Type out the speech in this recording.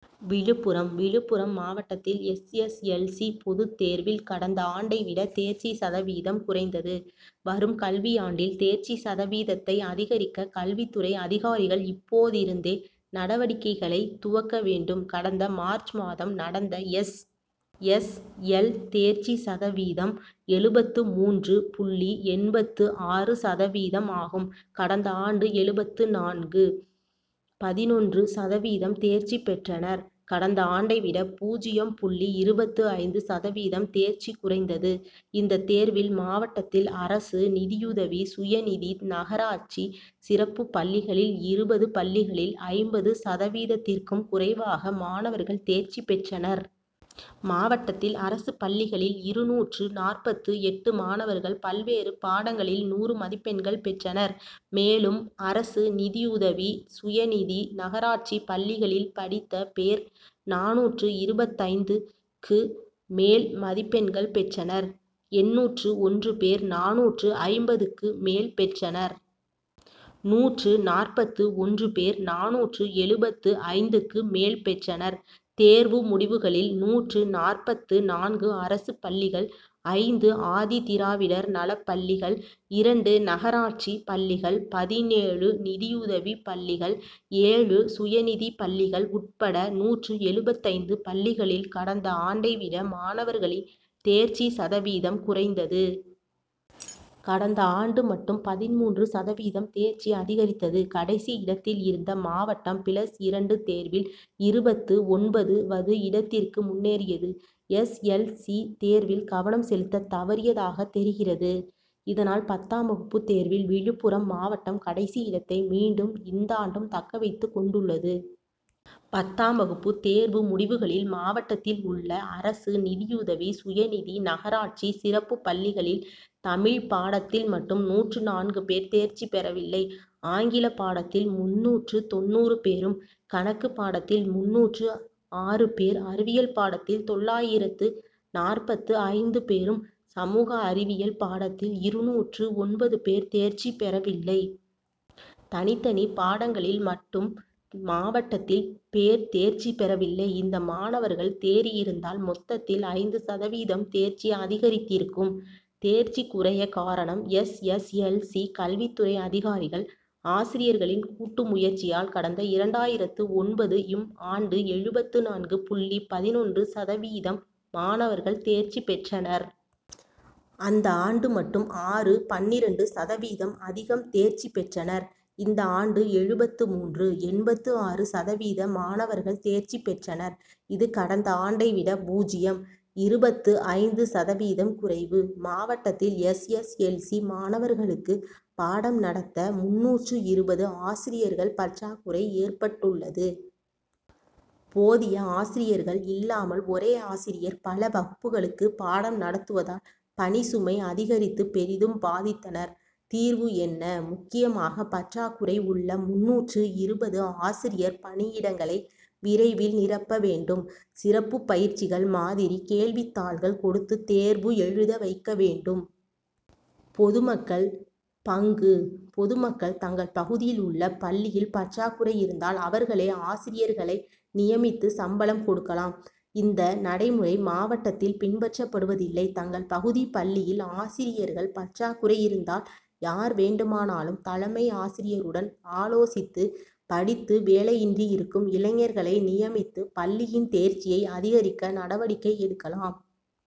விழுப்புரம் விழுப்புரம் மாவட் டத்தில் S. S. L. C., பொதுத் தேர் வில் கடந்த ஆண்டை விட தேர்ச்சி சதவீதம் குறைந்தது. வரும் கல்வியாண்டில் தேர்ச்சி சதவீதத்தை அதிகரிக்க கல்வித் துறை அதிகாரிகள் இப்போதிருந்தே நடவடிக்கைகளை துவக்க வேண்டும். கடந்த மார்ச் மாதம் நடந்த எஸ். எஸ். எல். தேர்ச்சி சதவீதம் எழுபத்து மூன்று புள்ளி எண்பத்து ஆறு சதவீதம் ஆகும். கடந்த ஆண்டு எழுபத்து நான்கு.பதினொன்று சதவீதம் தேர்ச்சி பெற்றனர். கடந்த ஆண்டை விட பூஜ்ஜியம் புள்ளி இருபத்து ஐந்து சதவீதம் தேர்ச்சி குறைந்தது. இந்த தேர்வில் மாவட்டத்தில் அரசு, நிதியுதவி, சுயநிதி, நகராட்சி, சிறப்பு பள்ளிகளில் இருபது பள்ளிகளில் ஐம்பது சதவீதத்திற்கும் குறைவாக மாணவர்கள் தேர்ச்சி பெற்றனர். மாவட்டத்தில் அரசு பள்ளிகளில் இருநூற்று நாற்பத்து எட்டு மாணவர்கள் பல்வேறு பாடங்களில் நூறு மதிப்பெண்கள் பெற்றனர். மேலும் அரசு, நிதியுதவி, சுயநிதி, நகராட்சி பள்ளிகளில் படித்த பேர் நானூற்று இருபத்தைந்து க்கு மேல் மதிப்பெண்கள் பெற்றனர். எண்ணூற்று ஒன்று பேர் நானூற்று ஐம்பதுக்கு மேல் பெற்றனர். நூற்று நாற்பத்து ஒன்று பேர் நானூற்று எழுபத்து ஐந்து க்கு மேல் பெற்றனர். தேர்வு முடிவுகளில் நூற்று நாற்பத்து நான்கு அரசு பள்ளிகள், ஐந்து ஆதி திராவிடர் நல பள்ளிகள், இரண்டு நகராட்சி பள்ளிகள், பதினேழு நிதியுதவி பள்ளிகள், ஏழு சுய நிதி பள்ளிகள் உட்பட நூற்று எழுபத்தைந்து பள்ளிகளில் கடந்த ஆண்டை விட மாணவர்களின் தேர்ச்சி சதவீதம் குறைந்தது. கடந்த ஆண்டு மட்டும் பதின்மூன்று சதவீதம் தேர்ச்சி அதிகரித்தது. கடைசி இடத்தில் இருந்த மாவட்டம் பிளஸ் இரண்டு தேர் வில் இருபத்து ஒன்பது வது இடத்திற்கு முன்னேறியது. எஸ். எல். சி., தேர் வில் கவனம் செலுத்த தவறியதாக தெரிகிறது. இதனால் பத்தாம் வகுப்பு தேர்வில் விழுப்புரம் மாவட்டம் கடைசி இடத்தை மீண்டும் இந்தாண்டும்தக்க வைத்துக் கொண்டுள்ளது. பத்தாம் வகுப்பு தேர்வு முடிவுகளில் மாவட்டத்தில் உள்ள அரசு, நிதியுதவி, சுயநிதி, நகராட்சி, சிறப்பு பள்ளிகளில் தமிழ் பாடத்தில் மட்டும் நூற்று நான்கு பேர் தேர்ச்சி பெறவில்லை. ஆங்கில பாடத்தில் முந்நூற்று தொண்ணூறு பேரும், கணக்கு பாடத் தில் முன்னூற்று ஆறு பேர், அறிவியல் பாடத்தில் தொள்ளாயிரத்து நாற்பத்து ஐந்து பேரும், சமூக அறிவியல் பாடத் தில் இருநூற்று ஒன்பது பேர் தேர்ச்சி பெறவில்லை. தனித்தனி பாடங்களில் மட்டும் மாவட்டத்தில் பேர் தேர்ச்சி பெறவில்லை. இந்த மாணவர்கள் தேறியிருந்தால் மொத்தத்தில் ஐந்து சதவீதம் தேர்ச்சி அதிகரித்திருக்கும். தேர்ச்சி குறைய காரணம் எஸ். எஸ். எல். சி. கல்வித் துறை அதிகாரிகள், ஆசிரியர்களின் கூட்டு முயற்சியால் கடந்த இரண்டாயிரத்து ஒன்பது ம் ஆண்டு எழுபத்து நான்கு புள்ளி பதினொன்று சதவீதம் மாணவர்கள் தேர்ச்சி பெற்றனர். அந்த ஆண்டு மட்டும் ஆறு.பன்னிரண்டு சதவீதம் அதிகம் தேர்ச்சி பெற்றனர். இந்த ஆண்டு எழுபத்து மூன்று. எண்பத்து ஆறு சதவீத மாணவர்கள் தேர்ச்சி பெற்றனர். இது கடந்த ஆண்டை விட பூஜ்ஜியம். இருபத்து ஐந்து சதவீதம் குறைவு. மாவட்டத்தில் எஸ். எஸ். எல். சி., மாணவர்களுக்கு பாடம் நடத்த முன்னூற்று இருபது ஆசிரியர்கள் பற்றாக் குறை ஏற்பட்டுள்ளது. போதிய ஆசிரியர்கள் இல்லாமல் ஒரே ஆசிரியர் பல வகுப்புகளுக்கு பாடம் நடத்துவ தால் பணிசுமை அதிகரித்து பெரிதும் பாதித்தனர். தீர்வு என்ன? முக்கியமாக பற்றாக் குறைஉள்ள முன்னூற்று இருபது ஆசிரியர் பணியிடங்களை விரைவில் நிரப்ப வேண்டும். சிறப்பு பயிற்சிகள், மாதிரி கேள்வித் தாள்கள் கொடுத்து தேர்வு எழுத வைக்க வேண்டும். பொதுமக்கள் பங்கு பொதுமக்கள் தங்கள் பகுதியில் உள்ள பள்ளியில் பற்றாக் குறை இருந்தால் அவர்களே ஆசிரியர்களை நியமித்து சம்பளம் கொடுக்கலாம். இந்த நடைமுறை மாவட்டத்தில் பின்பற்றப் படுவதில்லை. தங்கள் பகுதி பள்ளியில் ஆசிரியர்கள் பற்றாக்குறை இருந்தால் யார் வேண்டுமானாலும் தலைமை ஆசிரியருடன் ஆலோசித்து படித்து வேலையின்றி இருக்கும் இளைஞர்களை நியமித்து பள்ளியின் தேர்ச்சியை அதிகரிக்க நடவடிக்கை எடுக்கலாம்.